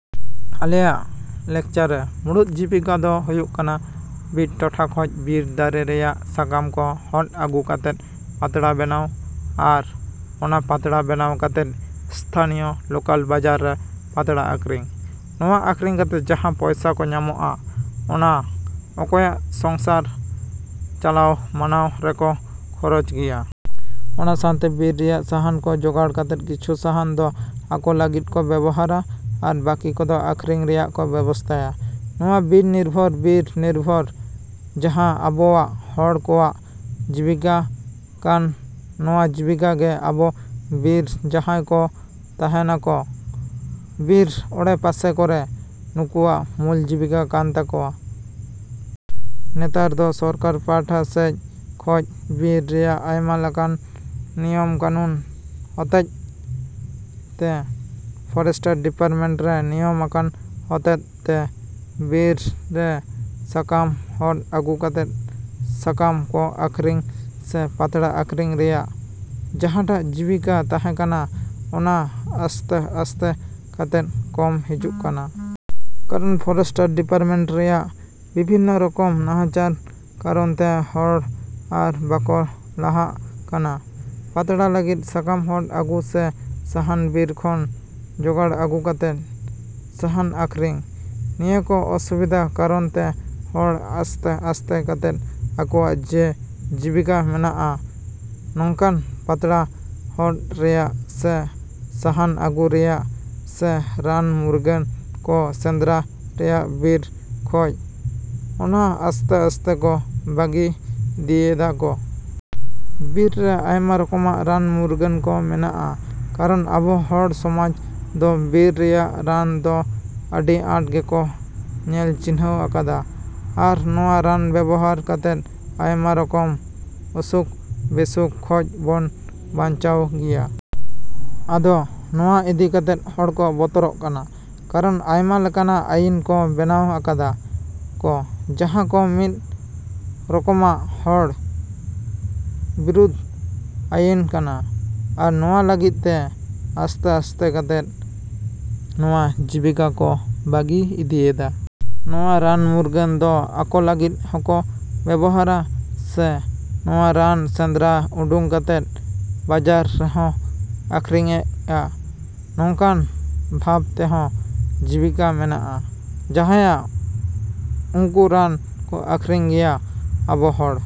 ᱟᱞᱮᱭᱟᱜ ᱞᱟᱠᱪᱟᱨᱮ ᱢᱩᱲᱩᱫ ᱡᱤᱵᱤᱠᱟ ᱫᱚ ᱦᱩᱭᱩᱜ ᱠᱟᱱᱟ ᱵᱤᱨ ᱴᱚᱴᱷᱟ ᱠᱷᱚᱡ ᱵᱤᱨ ᱫᱟᱨᱮ ᱨᱮᱭᱟᱜ ᱥᱟᱠᱟᱢ ᱠᱚ ᱦᱚᱫᱽ ᱟᱹᱜᱩ ᱠᱟᱛᱮ ᱯᱟᱛᱲᱟ ᱵᱮᱱᱟᱣ, ᱟᱨ ᱚᱱᱟ ᱯᱟᱛᱲᱟ ᱵᱮᱱᱟᱣ ᱠᱟᱛᱮ ᱤᱥᱛᱷᱟᱱᱤᱭᱳ ᱞᱳᱠᱟᱞ ᱵᱟᱡᱟᱨ ᱨᱮ ᱯᱟᱛᱲᱟ ᱟᱠᱷᱟᱨᱤᱧ᱾ ᱱᱚᱣᱟ ᱟᱠᱷᱟᱨᱤᱧ ᱠᱟᱛᱮ ᱡᱟᱦᱟᱸ ᱯᱚᱭᱥᱟ ᱠᱚ ᱧᱟᱢᱟ, ᱚᱱᱟ ᱟᱠᱚᱭᱟᱜ ᱥᱚᱝᱥᱟᱨ ᱪᱟᱞᱟᱣ ᱢᱟᱱᱟᱣ ᱨᱮᱠᱚ ᱠᱷᱚᱨᱚᱪ ᱜᱮᱭᱟ᱾ ᱚᱱᱟ ᱥᱟᱶᱛᱮ ᱵᱤᱨ ᱨᱮᱭᱟᱜ ᱥᱟᱦᱟᱱ ᱠᱚ ᱡᱚᱜᱟᱲ ᱠᱟᱛᱮ ᱠᱤᱪᱷᱩ ᱥᱟᱦᱟᱱ ᱫᱚ ᱟᱠᱚ ᱞᱟᱹᱜᱤᱫ ᱠᱚ ᱵᱮᱵᱚᱦᱟᱨᱟ ᱟᱨ ᱵᱟᱹᱠᱤ ᱠᱚᱫᱚ ᱟᱠᱷᱟᱨᱤᱧ ᱨᱮᱭᱟᱜ ᱠᱚ ᱵᱮᱵᱚᱥᱛᱷᱟᱭᱟ᱾ ᱱᱚᱣᱟ ᱵᱤᱨ ᱱᱤᱨᱵᱷᱚᱨ, ᱵᱤᱨ ᱱᱤᱨᱵᱷᱚᱨ ᱡᱟᱦᱟᱸ ᱟᱵᱚᱭᱟᱜ ᱦᱚᱲ ᱠᱚᱣᱟᱜ ᱡᱤᱵᱤᱠᱟ ᱠᱟᱱ, ᱱᱚᱣᱟ ᱡᱤᱵᱤᱠᱟ ᱜᱮ ᱟᱵᱚ ᱵᱤᱨ ᱡᱟᱦᱟᱭ ᱠᱚ ᱛᱟᱦᱮᱱᱟᱠᱚ ᱵᱤᱨ ᱟᱲᱮ ᱯᱟᱥᱮ ᱠᱚᱨᱮ, ᱱᱩᱠᱩᱭᱟᱜ ᱢᱩᱞ ᱡᱤᱵᱤᱠᱟ ᱠᱟᱱ ᱛᱟᱠᱚᱭᱟ᱾ ᱱᱮᱛᱟᱨ ᱫᱚ ᱥᱚᱨᱠᱟᱨ ᱯᱟᱦᱴᱟ ᱥᱮᱡ ᱠᱷᱚᱡ ᱵᱤᱨ ᱨᱮᱭᱟᱜ ᱟᱭᱢᱟ ᱞᱮᱠᱟᱱᱟᱜ ᱱᱤᱭᱚᱢ ᱠᱟᱹᱱᱩᱱ ᱦᱚᱛᱮᱫ ᱛᱮ, ᱯᱷᱚᱨᱮᱥᱴ ᱰᱤᱯᱟᱨᱴᱢᱮᱱᱴ ᱨᱮ ᱱᱤᱭᱚᱢ ᱟᱠᱟᱱ ᱦᱚᱛᱮᱫ ᱛᱮ, ᱵᱤᱨ ᱨᱮ ᱥᱟᱠᱟᱢ ᱦᱚᱫᱽ ᱟᱹᱜᱩ ᱠᱟᱛᱮ ᱥᱟᱠᱟᱢ ᱠᱚ ᱟᱠᱷᱨᱤᱧ ᱥᱮ ᱯᱟᱛᱲᱟ ᱟᱹᱠᱷᱨᱤᱧ ᱨᱮᱭᱟᱜ ᱡᱟᱦᱟᱴᱟᱜ ᱡᱤᱵᱤᱠᱟ ᱛᱟᱦᱮᱸ ᱠᱟᱱᱟ, ᱚᱱᱟ ᱟᱥᱛᱮ ᱟᱥᱛᱮ ᱠᱟᱛᱮ ᱠᱚᱢ ᱦᱤᱡᱩᱜ ᱠᱟᱱᱟ᱾ ᱠᱟᱨᱚᱱ ᱯᱷᱚᱨᱮᱥᱴ ᱰᱤᱯᱟᱨᱴᱢᱮᱱᱴ ᱨᱮᱭᱟᱜ ᱵᱤᱵᱷᱤᱱᱱᱚ ᱨᱚᱠᱚᱢ ᱱᱟᱦᱟᱪᱟᱨ ᱠᱟᱨᱚᱱ ᱛᱮ ᱦᱚᱲ ᱟᱨ ᱵᱟᱠᱚ ᱞᱟᱦᱟᱜ ᱠᱟᱱᱟ ᱯᱟᱛᱲᱟ ᱞᱟᱹᱜᱤᱫ ᱥᱟᱠᱟᱢ ᱦᱚᱫᱽ ᱟᱹᱜᱩ ᱥᱮ ᱥᱟᱦᱟᱱ ᱵᱤᱨ ᱠᱷᱚᱱ ᱡᱚᱜᱟᱲ ᱟᱹᱜᱩ ᱠᱟᱛᱮ ᱥᱟᱦᱟᱱ ᱟᱹᱠᱷᱨᱤᱧ᱾ ᱱᱤᱭᱟᱹ ᱠᱚ ᱚᱥᱩᱵᱤᱫᱟ ᱠᱟᱨᱚᱱ ᱛᱮ ᱦᱚᱲ ᱟᱥᱛᱮ ᱟᱥᱛᱮ ᱠᱟᱛᱮ ᱟᱠᱚᱣᱟᱜ ᱡᱮ ᱡᱤᱵᱤᱠᱟ ᱢᱮᱱᱟᱜᱼᱟ ᱱᱚᱠᱟᱱ ᱯᱟᱛᱲᱟ ᱦᱚᱫᱽ ᱨᱮᱭᱟᱜ ᱥᱮ ᱥᱟᱦᱟᱱ ᱟᱹᱜᱩ ᱨᱮᱭᱟᱜ ᱥᱮ ᱨᱟᱱ ᱢᱩᱨᱜᱟᱹᱱ ᱠᱚ ᱥᱮᱸᱫᱽᱨᱟ ᱨᱮᱭᱟᱜ ᱵᱤᱨ ᱠᱷᱚᱡ, ᱚᱱᱟ ᱟᱥᱛᱮ ᱟᱥᱛᱮ ᱠᱚ ᱵᱟᱹᱜᱤ ᱤᱫᱤᱭᱮᱫᱟ ᱠᱚ᱾ ᱵᱤᱨ ᱨᱮ ᱟᱭᱢᱟ ᱨᱚᱠᱚᱢᱟᱜ ᱨᱟᱱ ᱢᱩᱨᱜᱟᱹᱱ ᱠᱚ ᱢᱮᱱᱟᱜᱼᱟ, ᱠᱟᱨᱚᱱ ᱟᱵᱚ ᱦᱚᱲ ᱥᱚᱢᱟᱡᱽ ᱫᱚ ᱵᱤᱨ ᱨᱮᱭᱟᱜ ᱨᱟᱱ ᱫᱚ ᱟᱹᱰᱤ ᱟᱸᱴ ᱜᱮᱠᱚ ᱧᱮᱞ ᱪᱤᱱᱦᱟᱹᱣ ᱟᱠᱟᱫᱟ ᱟᱨ ᱱᱚᱣᱟ ᱨᱟᱱ ᱵᱮᱵᱚᱦᱟᱨ ᱠᱟᱛᱮ ᱟᱭᱢᱟ ᱨᱚᱠᱚᱢ ᱚᱥᱩᱠ ᱵᱮᱥᱩᱠ ᱠᱷᱚᱡ ᱵᱚᱱ ᱵᱟᱧᱪᱟᱜ ᱜᱮᱭᱟ᱾ ᱟᱫᱚ ᱱᱚᱣᱟ ᱤᱫᱤ ᱠᱟᱛᱮ ᱦᱚᱲ ᱠᱚ ᱵᱚᱛᱚᱨᱚᱜ ᱠᱟᱱᱟ, ᱠᱟᱨᱚᱱ ᱟᱭᱢᱟ ᱞᱮᱠᱟᱱᱟᱜ ᱟᱭᱤᱱ ᱠᱚ ᱵᱮᱱᱟᱣ ᱟᱠᱟᱫᱟ ᱠᱚ ᱡᱟᱦᱟᱸ ᱠᱚ ᱢᱤᱫ ᱨᱚᱠᱚᱢᱟᱜ ᱦᱚᱲ ᱵᱤᱨᱚᱫᱷᱤ ᱟᱭᱤᱱ ᱠᱟᱱᱟ ᱟᱨ ᱱᱚᱣᱟ ᱞᱟᱹᱜᱤᱫ ᱜᱮ ᱟᱥᱛᱮ ᱟᱥᱛᱮ ᱠᱟᱛᱮ ᱱᱚᱣᱟ ᱡᱤᱵᱤᱠᱟ ᱠᱚ ᱵᱟᱹᱜᱤ ᱤᱫᱤᱭᱮᱫᱟ᱾ ᱱᱚᱣᱟ ᱨᱟᱱ ᱢᱩᱨᱜᱟᱹᱱ ᱫᱚ ᱟᱠᱚ ᱞᱟᱹᱜᱤᱫ ᱦᱚᱸᱠᱚ ᱵᱮᱵᱚᱦᱟᱨᱟ ᱥᱮ ᱱᱚᱣᱟ ᱨᱟᱱ ᱥᱮᱸᱫᱽᱨᱟ ᱩᱰᱩᱝ ᱠᱟᱛᱮ ᱦᱚᱸ ᱵᱟᱡᱟᱨ ᱨᱮᱠᱚ ᱟᱠᱷᱨᱤᱧᱮᱜᱼᱟ, ᱱᱚᱝᱠᱟ ᱵᱷᱟᱵ ᱛᱮᱦᱚᱸ ᱡᱤᱵᱤᱠᱟ ᱢᱮᱱᱟᱜᱼᱟ ᱡᱟᱦᱟᱸᱭ ᱩᱱᱠᱩ ᱨᱟᱱ ᱠᱚ ᱟᱠᱷᱨᱤᱧ ᱜᱮᱭᱟ ᱟᱵᱚ ᱦᱚᱲ।